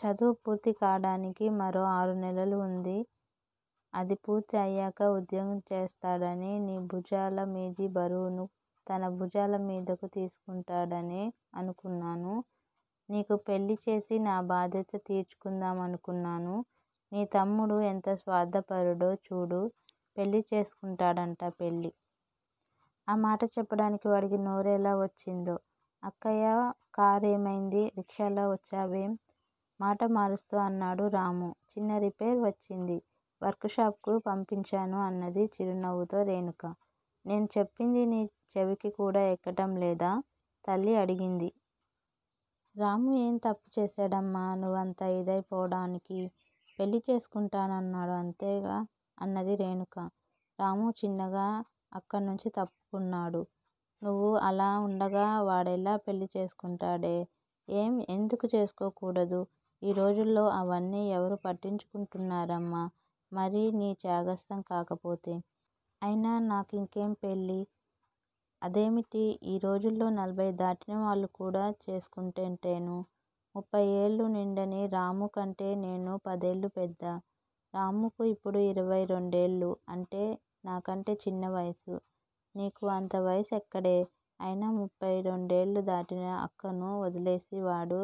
చదువు పూర్తి కావడానికి మరో ఆరు నెలలు వుంది. అది పూర్తి అయ్యాక ఉద్యోగం చేస్తాడనీ, నీ భుజాల మీది బరువును తన భుజాల మీదకు తీసుకుంటాడనీ అనుకున్నాను. నీకు పెళ్ళి చేసి నా బాధ్యత తీర్చుకుందామనుకున్నాను. నీ తమ్ముడు ఎంత స్వార్థపరుడో చూడు. పెళ్ళి చేసుకుంటాడట పెళ్ళి! ఆ మాట చెప్పడానికి వాడికి నోరు ఎలా వచ్చిందో? అక్కయ్యా! కారు ఏమైంది? రిక్షాలో వచ్చేవేం? మాట మారుస్తూ అన్నాడు రాము. చిన్న రిపైర్ వచ్చింది. వర్కుషాపుకు పంపించాను అన్నది చిరునవ్వుతో రేణుక. నేను చెప్పింది నీ చెవికి కూడా ఎక్కడం లేదా? తల్లి అడిగింది. రాము ఏం తప్పుచేశాడమ్మా నువ్వంత ఇదై పోవడానికి? పెళ్ళి చేసుకుంటానన్నాడు అంతేగా అన్నది రేణుక. రాము చిన్నగా అక్కడ నుంచి తప్పుకున్నాడు. నువ్వు అలా ఉండగా వాడెలా పెళ్ళి చేసుకుంటాడే? ఏం ఎందుకు చేసుకోకూడదూ? ఈ రోజుల్లో అవన్నీ ఎవరు పట్టించుకుంటున్నారమ్మా! మరీ నీచాదస్తం కాకపోతే? అయినా నాకు ఇంకేం పెళ్ళి? అదేమిటి? ఈ రోజుల్లో నలభైదాటినవాళ్ళు కూడా చేసుకుంటుంటేనూ? ముప్పయ్ ఏళ్ళు నిండని రామూ కంటే నేను పదేళ్ళు పెద్ద. రామూకు ఇప్పుడు ఇరవై రెండేళ్ళు. అంటే నాకంటే చిన్న వయసు? నీకు అంత వయసు ఎక్కడే? అయినా ముప్పయ్ రెండేళ్ళు దాటిన అక్కను వదిలేసి వాడు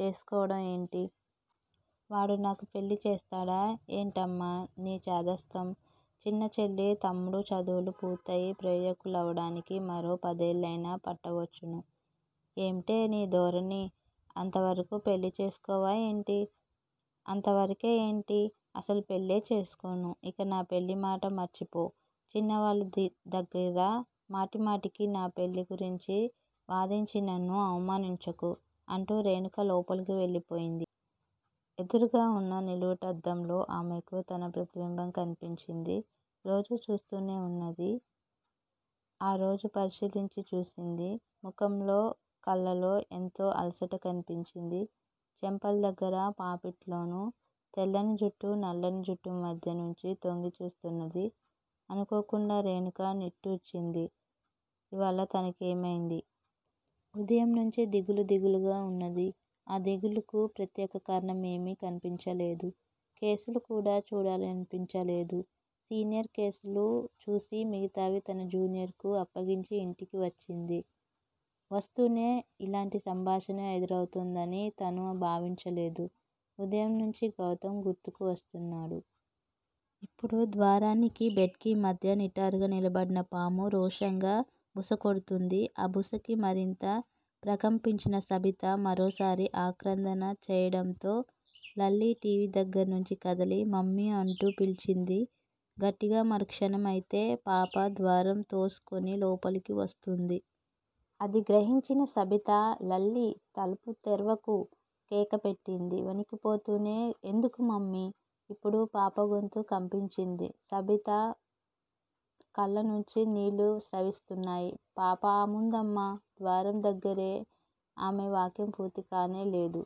చేసుకోవడం ఏమిటి? వాడు నాకు పెళ్ళి చేస్తాడా? ఏమిటమ్మా నీ చాదస్తం! చిన్న చెల్లీ, తమ్ముడూ చదువులు పూర్తయి ప్రయోజకులవడానికి మరో పదేళ్ళయినా పట్టవచ్చును ఏమిటే నీ ధోరణి, అంతవరకూ పెళ్ళి చేసుకోవా ఏమిటి? అంతవరకే ఏమిటి? అసలు పెళ్ళే చేసుకోను! ఇక నా పెళ్ళిమాట మర్చిపో! చిన్నవాళ్ళ దగ్గిర మాటిమాటికి నా పెళ్ళి గురించి వాదించి నన్ను అవమానించకు అంటూ రేణుక లోపలకు వెళ్ళిపోయింది. ఎదురుగా వున్న నిలువుటద్దంలో ఆమెకు తన ప్రతిబింబం కన్పించింది. రోజూ చూస్తూనే ఉన్నది. ఆరోజు పరిశీలించి చూసింది. ముఖంలో, కళ్ళలో ఎంతో అలసట కన్పించింది. చెంపల దగ్గర, పాపిట్లోనూ తెల్లని జుట్టు నల్ల జుట్టు మధ్య నుంచి తొంగి చూస్తున్నది. అనుకోకుండా రేణుక నిట్టూర్చింది. ఇవాళ తనకేమైంది? ఉదయంనుంచీ దిగులు దిగులుగా ఉన్నది. ఆ దిగులుకు ప్రత్యేక కారణం ఏమీ కన్పించడం లేదు. కేసులు కూడా చూడాలనిపించలేదు. సీరియస్ కేసులు చూసి మిగతావి తన జూనియర్ కు అప్పగించి ఇంటికి వచ్చింది. వస్తూనే ఇలాంటి సంభాషణ ఎదురౌతుందని తను భావించలేదు. ఉదయం నుంచి గౌతమ్ గుర్తుకు వస్తున్నాడు. ఇప్పుడు ద్వారానికి బెడ్ కి మధ్య నిటారుగా నిలబడిన పాము రోషంగా బుసకొడుతూంది. ఆ బుసకి మరింత ప్రకంపించిన సబిత మరోసారి ఆక్రందన చేయడంతో లల్లీ టి. వి. దగ్గర నుంచి కదిలి మమ్మీ అంటూ పిలిచింది గట్టిగా మరుక్షణమైతే పాప ద్వారం తోసుకుని లోపలికి వస్తుంది. అది గ్రహించిన సబిత లల్లీ తలుపు తెరవకు కేకపెట్టింది వణికిపోతూనే. ఎందుకు మమ్మీ? ఇప్పుడు పాపగొంతు కంపించింది. సబిత కళ్ళనుంచి నీళ్ళు స్రవిస్తున్నాయి. పా పాముందమ్మా. ద్వారం దగ్గరే ఆమె వాక్యం పూర్తికానేలేదు